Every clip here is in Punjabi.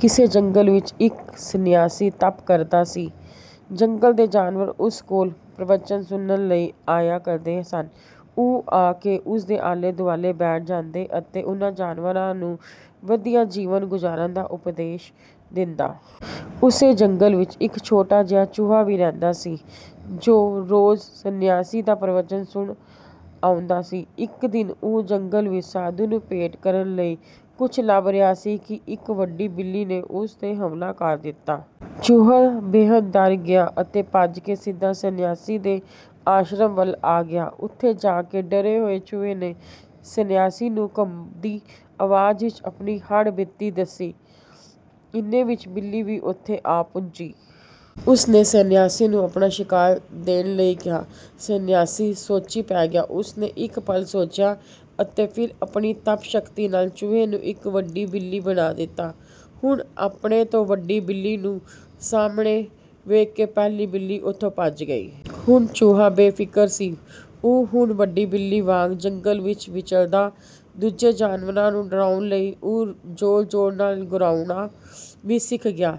ਕਿਸੇ ਜੰਗਲ ਵਿੱਚ ਇੱਕ ਸੰਨਿਆਸੀ ਤਪ ਕਰਦਾ ਸੀ। ਜੰਗਲ ਦੇ ਜਾਨਵਰ ਉਸ ਕੋਲ ਪ੍ਰਵਚਨ ਸੁਣਨ ਲਈ ਆਇਆ ਕਰਦੇ ਸਨ। ਉਹ ਆ ਕੇ ਉਸ ਦੇ ਆਲੇ-ਦੁਆਲੇ ਬੈਠ ਜਾਂਦੇ ਅਤੇ ਉਹ ਜਾਨਵਰਾਂ ਨੂੰ ਵਧੀਆ ਜੀਵਨ ਗੁਜ਼ਾਰਨ ਦਾ ਉਪਦੇਸ਼ ਦਿੰਦਾ। ਉਸੇ ਜੰਗਲ ਵਿੱਚ ਇੱਕ ਛੋਟਾ ਜਿਹਾ ਚੂਹਾ ਵੀ ਰਹਿੰਦਾ ਸੀ, ਜੋ ਰੋਜ਼ ਸੰਨਿਆਸੀ ਦਾ ਪ੍ਰਵਚਨ ਸੁਣਨ ਆਉਂਦਾ ਸੀ। ਇੱਕ ਦਿਨ ਉਹ ਜੰਗਲ ਵਿੱਚ ਸਾਧੂ ਨੂੰ ਭੇਂਟ ਕਰਨ ਲਈ ਕੁਝ ਲੱਭ ਰਿਹਾ ਸੀ ਕਿ ਇੱਕ ਵੱਡੀ ਬਿੱਲੀ ਨੇ ਉਸ 'ਤੇ ਹਮਲਾ ਕਰ ਦਿੱਤਾ। ਚੂਹਾ ਬੇਹੱਦ ਡਰ ਗਿਆ ਅਤੇ ਭੱਜ ਕੇ ਸਿੱਧਾ ਸੰਨਿਆਸੀ ਦੇ ਆਸ਼ਰਮ ਵੱਲ ਆ ਗਿਆ। ਉੱਥੇ ਜਾ ਕੇ ਡਰੇ ਹੋਏ ਚੂਹੇ ਨੇ ਸੰਨਿਆਸੀ ਨੂੰ ਕੰਬਦੀ ਆਵਾਜ਼ ਵਿੱਚ ਆਪਣੀ ਹੱਡ-ਬੀਤੀ ਦੱਸੀ। ਇੰਨੇ ਵਿੱਚ ਬਿੱਲੀ ਵੀ ਉੱਥੇ ਆ ਪੁੱਜੀ। ਉਸ ਨੇ ਸੰਨਿਆਸੀ ਨੂੰ ਆਪਣਾ ਸ਼ਿਕਾਰ ਦੇਣ ਲਈ ਕਿਹਾ। ਸੰਨਿਆਸੀ ਸੋਚੀਂ ਪੈ ਗਿਆ। ਉਸ ਨੇ ਇੱਕ ਪਲ ਸੋਚਿਆ ਅਤੇ ਫਿਰ ਆਪਣੀ ਤਪ-ਸ਼ਕਤੀ ਨਾਲ ਚੂਹੇ ਨੂੰ ਇੱਕ ਵੱਡੀ ਬਿੱਲੀ ਬਣਾ ਦਿੱਤਾ। ਹੁਣ ਆਪਣੇ ਤੋਂ ਵੱਡੀ ਬਿੱਲੀ ਨੂੰ ਸਾਹਮਣੇ ਵੇਖ ਕੇ ਪਹਿਲੀ ਬਿੱਲੀ ਉੱਥੋਂ ਭੱਜ ਗਈ। ਹੁਣ ਚੂਹਾ ਬੇਫ਼ਿਕਰ ਸੀ। ਉਹ ਹੁਣ ਵੱਡੀ ਬਿੱਲੀ ਵਾਂਗ ਜੰਗਲ ਵਿੱਚ ਵਿਚਰਦਾ। ਦੂਜੇ ਜਾਨਵਰਾਂ ਨੂੰ ਡਰਾਉਣ ਲਈ ਉਹ ਜ਼ੋਰ-ਜ਼ੋਰ ਨਾਲ ਗੁਰਰਾਉਣਾ ਵੀ ਸਿੱਖ ਗਿਆ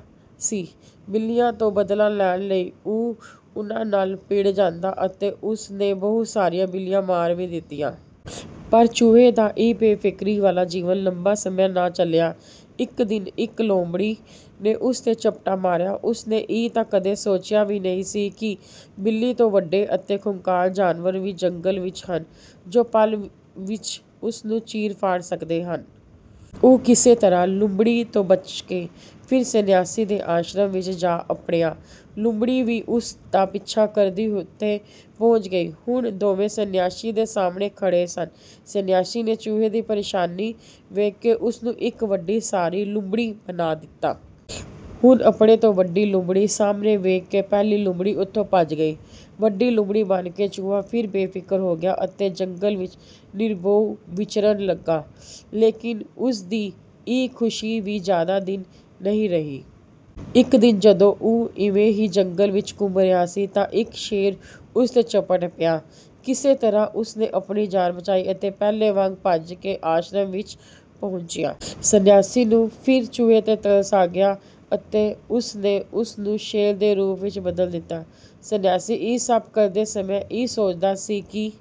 ਸੀ। ਬਿੱਲੀਆਂ ਤੋਂ ਬਦਲਾ ਲੈਣ ਲਈ ਉਹ ਉਹਨਾਂ ਨਾਲ ਭਿੜ ਜਾਂਦਾ ਅਤੇ ਉਸ ਨੇ ਬਹੁਤ ਸਾਰੀਆਂ ਬਿੱਲੀਆਂ ਮਾਰ ਵੀ ਦਿੱਤੀਆਂ। ਪਰ ਚੂਹੇ ਦਾ ਇਹ ਬੇਫ਼ਿਕਰੀ ਵਾਲਾ ਜੀਵਨ ਲੰਮਾ ਸਮਾਂ ਨਾ ਚੱਲਿਆ। ਇੱਕ ਦਿਨ ਇੱਕ ਲੂੰਬੜੀ ਨੇ ਉਸ 'ਤੇ ਝਪੱਟਾ ਮਾਰਿਆ। ਉਸ ਨੇ ਇਹ ਤਾਂ ਕਦੇ ਸੋਚਿਆ ਹੀ ਨਹੀਂ ਸੀ ਕਿ ਬਿੱਲੀ ਤੋਂ ਵੱਡੇ ਅਤੇ ਖੁੰਖਾਰ ਜਾਨਵਰ ਵੀ ਜੰਗਲ ਵਿੱਚ ਹਨ, ਜੋ ਪਲ ਵਿੱਚ ਉਸ ਨੂੰ ਚੀਰ-ਫਾੜ ਸਕਦੇ ਹਨ। ਉਹ ਕਿਸੇ ਤਰ੍ਹਾਂ ਲੂੰਬੜੀ ਤੋਂ ਬਚ ਕੇ ਫਿਰ ਸੰਨਿਆਸੀ ਦੇ ਆਸ਼ਰਮ ਵਿੱਚ ਜਾ ਅੱਪੜਿਆ। ਲੂੰਬੜੀ ਵੀ ਉਸ ਦਾ ਪਿੱਛਾ ਕਰਦੀ ਉੱਥੇ ਪਹੁੰਚ ਗਈ। ਹੁਣ ਦੋਵੇਂ ਸੰਨਿਆਸੀ ਦੇ ਸਾਹਮਣੇ ਖੜ੍ਹੇ ਸਨ। ਸੰਨਿਆਸੀ ਨੇ ਚੂਹੇ ਦੀ ਪਰੇਸ਼ਾਨੀ ਵੇਖ ਕੇ ਉਸ ਨੂੰ ਇੱਕ ਵੱਡੀ ਸਾਰੀ ਲੂੰਬੜੀ ਬਣਾ ਦਿੱਤਾ। ਹੁਣ ਆਪਣੇ ਤੋਂ ਵੱਡੀ ਲੂੰਬੜੀ ਸਾਹਮਣੇ ਵੇਖ ਕੇ ਪਹਿਲੀ ਲੂੰਬੜੀ ਉੱਥੋਂ ਭੱਜ ਗਈ। ਵੱਡੀ ਲੂੰਬੜੀ ਬਣ ਕੇ ਚੂਹਾ ਫਿਰ ਬੇਫ਼ਿਕਰ ਹੋ ਗਿਆ ਅਤੇ ਜੰਗਲ ਵਿੱਚ ਨਿਰਭਉ ਵਿਚਰਨ ਲੱਗਾ। ਲੇਕਿਨ ਉਸ ਦੀ ਇਹ ਖ਼ੁਸ਼ੀ ਵੀ ਜ਼ਿਆਦਾ ਦਿਨ ਨਹੀਂ ਰਹੀ। ਇੱਕ ਦਿਨ ਜਦੋਂ ਉਹ ਇਵੇਂ ਹੀ ਜੰਗਲ ਵਿੱਚ ਘੁੰਮ ਰਿਹਾ ਸੀ ਤਾਂ ਇੱਕ ਸ਼ੇਰ ਉਸ 'ਤੇ ਝਪਟ ਪਿਆ। ਕਿਸੇ ਤਰ੍ਹਾਂ ਉਸ ਨੇ ਆਪਣੀ ਜਾਨ ਬਚਾਈ ਅਤੇ ਪਹਿਲਾਂ ਵਾਂਗ ਭੱਜ ਕੇ ਆਸ਼ਰਮ ਵਿੱਚ ਪਹੁੰਚਿਆ। ਸੰਨਿਆਸੀ ਨੂੰ ਫਿਰ ਚੂਹੇ 'ਤੇ ਤਰਸ ਆ ਗਿਆ ਅਤੇ ਉਸ ਨੇ ਉਸ ਨੂੰ ਸ਼ੇਰ ਦੇ ਰੂਪ ਵਿੱਚ ਬਦਲ ਦਿੱਤਾ। ਸੰਨਿਆਸੀ ਇਹ ਸਭ ਕਰਦੇ ਸਮੇਂ ਇਹ ਸੋਚਦਾ ਸੀ ਕਿ